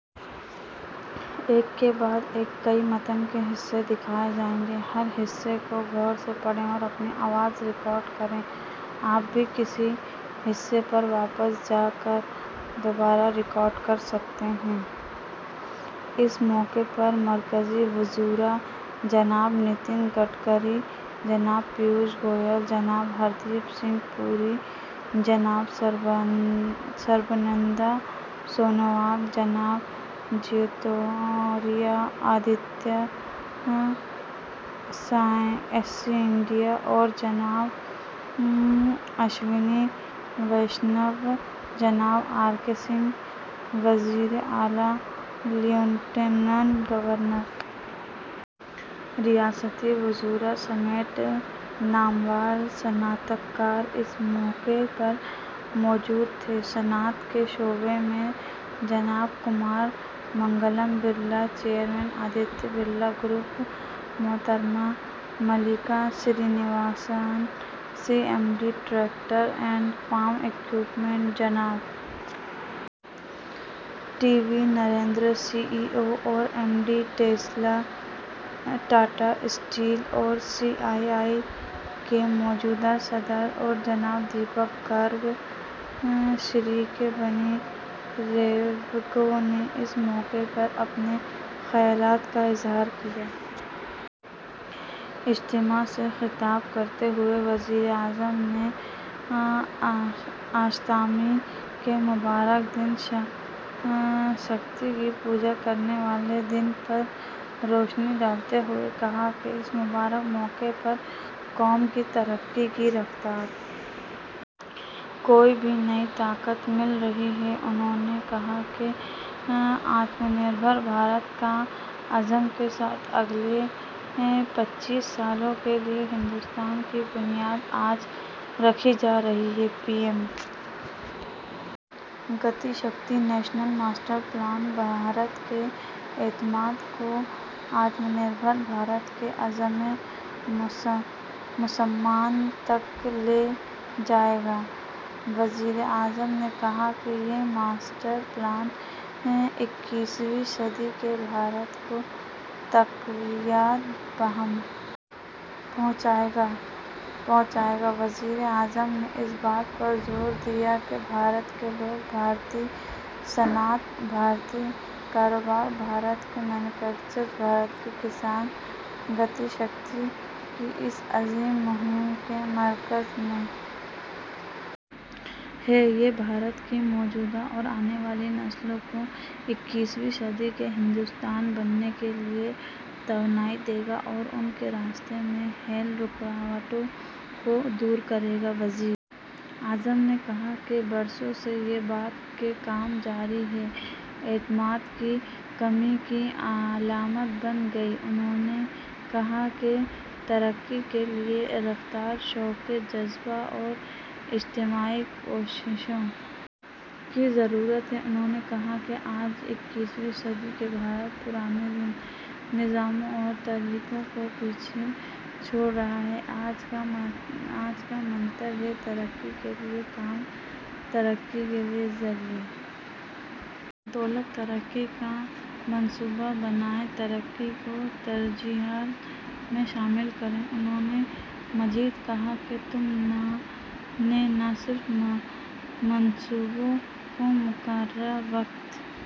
اس موقع پر مرکزی وزراء جناب نتن گڈکری جناب پیوش گوئل جناب ہردیپ سنگھ پوری جناب سربانند سونووال جناب جیوتی رادتیہ سندھیا اور جناب اشونی ویشنو جناب آر کے سنگھ وزیراعلی لیفٹیننٹ گورنر ریاستی وزراء سمیت نامور صنعتکار اس موقع پر موجود تھے صنعت کے شعبے سے جناب کمار منگلم برلا چیئرمین آدتیہ برلا گروپ محترمہ Mallika Srinivasan C M D tractors and form equipments جناب T V Narendran C E O M D Tata steel اور سی آئی آئی کے موجودہ صدر اور جناب دیپک گرگ شریک بانی ریوگو نے اس موقع پر اپنے خیالات کا اظہار کیا اجتماع سے خطاب کرتے ہوئے وزیر اعظم نے اشٹمی کے مبارک دن شکتی کی پوجا کرنے والے دن پر روشنی ڈالتے ہوئے کہا کہ اس مبارک موقع پر قوم کی ترقی کی رفتار کو بھی نئی طاقت مل رہی ہے انہوں نے کہا کہ آتم نربھر بھارت کے عزم کے ساتھ اگلے پچیس سالوں کے لیے ہندوستان کی بنیاد آج رکھی جا رہی ہے P M Gati Shakti national master plan Bharat کے اعتماد کو آتم نربھارت کے عزم مصمم تک لے جائے گا وزیر اعظم نے کہا کہ یہ ماسٹر پلان اکیسویں صدی کے بھارت کو تقویت بہم پہنچائے گا وزیر اعظم نے اس بات پر زور دیا کہ بھارت کے لوگ بھارتی صنعت بھارتی کاروبار بھارت کے مینوفیکچررز بھارت کے کسان گتی شکتی کی اس عظیم مہم کے مرکز میں ہیں یہ بھارت کی موجودہ اور آنے والی نسلوں کو اکیسویں صدی کا ہندوستان بنانے کے لیے نئی توانائی دے گا اور ان کے راستے میں حائل رکاوٹوں کو دور کرے گا وزیر اعظم نے کہا کہ برسوں سے یہ بات کہ کام جاری ہے اعتماد کی کمی کی علامت بن گیا انہوں نے کہا کہ ترقی کے لیے رفتار شوق و جذبہ اور اجتماعی کوششوں کی ضرورت ہے انہوں نے کہا کہ آج اکیسویں صدی کا بھارت پرانے نظاموں اور طریقوں کو پیچھے چھوڑ رہا ہے آج کا منتر ہے ترقی کے لیے کام ترقی کے ذریعہ ہی دولت ترقی کا منصوبہ بنائیں ترقی کو ترجیحات میں شامل کریں انہوں نے مزید کہا کہ ہم نے نہ صرف منصوبوں کو مقررہ وقت